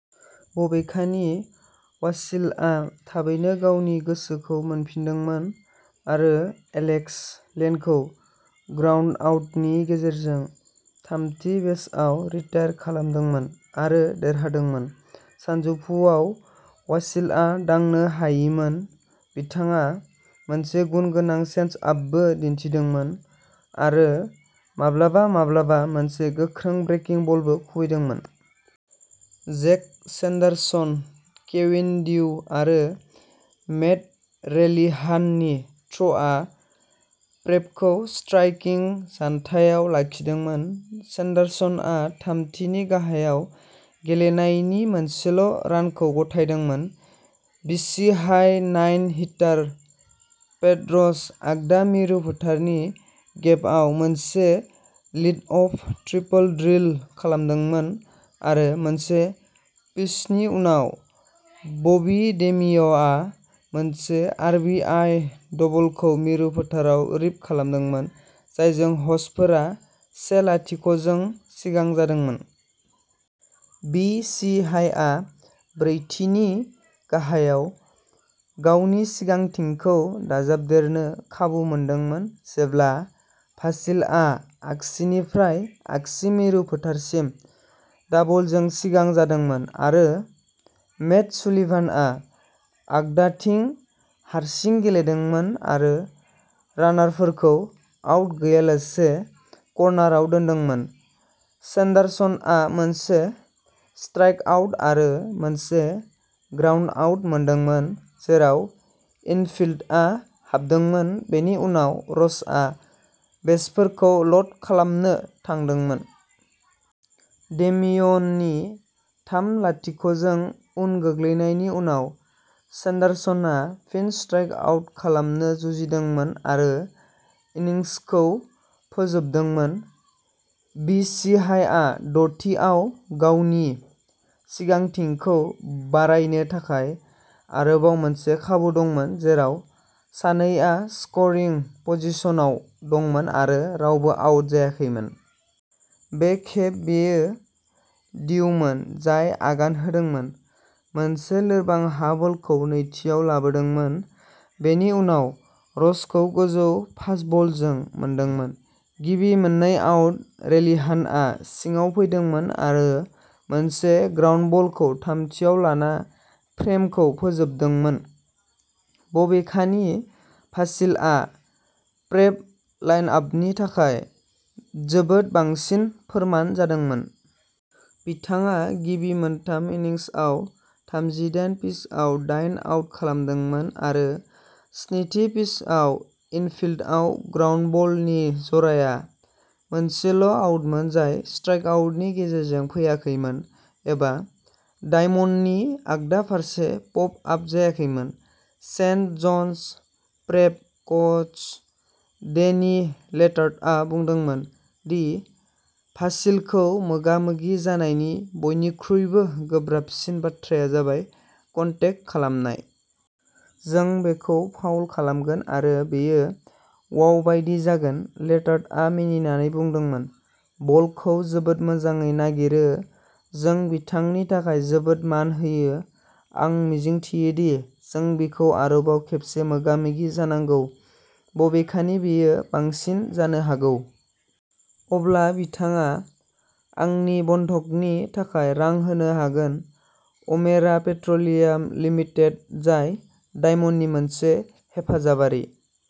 बबेखानि, वासिलआ थाबैनो गावनि गोसोखौ मोनफिनदोंमोन आरो एलेक्स लेनखौ ग्राउन्डआउटनि गेजेरजों थामथि बेसआव रिटायर्ड खालामदोंमोन आरो देरहादोंमोन। सानजौफुआव वासिलआ दांनो हायिमोन। बिथाङा मोनसे गुनगोनां चेन्जआपबो दिन्थिदोंमोन, आरो माब्लाबा-माब्लाबा मोनसे गोख्रों ब्रेकिं बलबो खुबैदोंमोन। जेक सेन्डारसन, केविन डिउइं, आरो मैट रेलिहाननि थ्र'आ प्रेपखौ स्ट्राइकिं जानथायाव लाखिदोंमोन। सेन्डारसनआ थामथि नि गाहायाव गेलेनायनि मोनसेल' रानखौ गथायदोंमोन। BC high nine hitter Pat Roche आगदा मिरु फोथारनि गेपआव मोनसे लिडअफ ट्रिपल ड्रिल खालामदोंमोन, आरो मोनसे पिचनि उनाव बबी डेमिय'आ मोनसे आर बि आइ डबलखौ मिरु फोथाराव रिप खालामदोंमोन, जायजों ह'स्टफोरा से-लाथिख' जों सिगां जादोंमोन। बि सि हाइआ ब्रैथि नि गाहायाव गावनि सिगांथिखौ दाजाबदेरनो खाबु मोनदोंमोन, जेब्ला भासिलआ आगसिनिफ्राय आगसि मिरु फोथारसिम दाबलजों सिगां जादोंमोन आरो मेट सुलिभानआ आगदाथिं हारसिं गेलेदोंमोन आरो रानारफोरखौ आउट गैयालासे कर्नारआव दोनदोंमोन। सेन्डारसनआ मोनसे स्ट्राइकआउट आरो मोनसे ग्राउन्डआउट मोनदोंमोन, जेराव इनफिल्डआ हाबदोंमोन, बेनि उनाव र'चआ बेसफोरखौ ल'ड खालामनो थांदोंमोन। डेमिय'नि थाम-लाथिख' जों उन गोग्लैनायनि उनाव, सेन्डारसनआ फिन स्ट्राइक आउट खालामनो जुजिदोंमोन आरो इनिंसखौ फोजोबदोंमोन। बि सि हाइआ द'थि आव गावनि सिगांथिखौ बारायनो थाखाय आरोबाव मोनसे खाबु दंमोन, जेराव सानैआ स्करिं पजिशनाव दंमोन आरो रावबो आउट जायाखैमोन। बे खेब बेयो डिउइंमोन जाय आगान होदोंमोन, मोनसे लोरबां हा बलखौ नैथिआव लाबोदोंमोन, बेनि उनाव रचखौ गोजौ फास्टबलजों मोनदोंमोन। गिबि मोननै आउट। रेलिहानआ सिङाव फैदोंमोन आरो मोनसे ग्राउन्डबलखौ थामथिआव लाना फ्रेमखौ फोजोबदोंमोन। बबेखानि, भासिलआ प्रेप लाइनआपनि थाखाय जोबोद बांसिन फोरमान जादोंमोन। बिथाङा गिबि मोनथाम इन्निंसआव थामजिदायन पिचआव दाइन आउट खालामदोंमोन आरो स्निथि पिचआव इनफिल्डआव ग्राउन्डबलनि जराया मोनसेल'आउटमोन जाय स्ट्राइकआउटनि गेजेरजों फैयाखैमोन एबा डायमन्डनि आगदा फारसे पप आप जायाखैमोन। Saint John's Prep coach Danny लेटार्टआ बुंदोंमोन दि भासिलखौ मोगा-मोगि जानायनि बयनिख्रुइबो गोब्राबसिन बाथ्राया जाबाय कन्टेक खालामनाय। जों बेखौ फाउल खालामगोन आरो बेयो वाव बायदि जागोन। लेटार्टआ मिनिनानै बुंदोंमोन। बलखौ जोबोद मोजाङै नागिरो। जों बिथांनि थाखाय जोबोद मान होयो। आं मिजिंथियोदि जों बिखौ आरोबाव खेबसे मोगा-मोगि जानांगौ बबेखानि बेयो बांसिन जानो हागौ। अब्ला बिथाङा आंनि बन्धकनि थाखाय रां होनो हागोन। अमेरा पेट्र'लियाम लिमिटेड, जाय डायमन्डनि मोनसे हेफाजाबारि।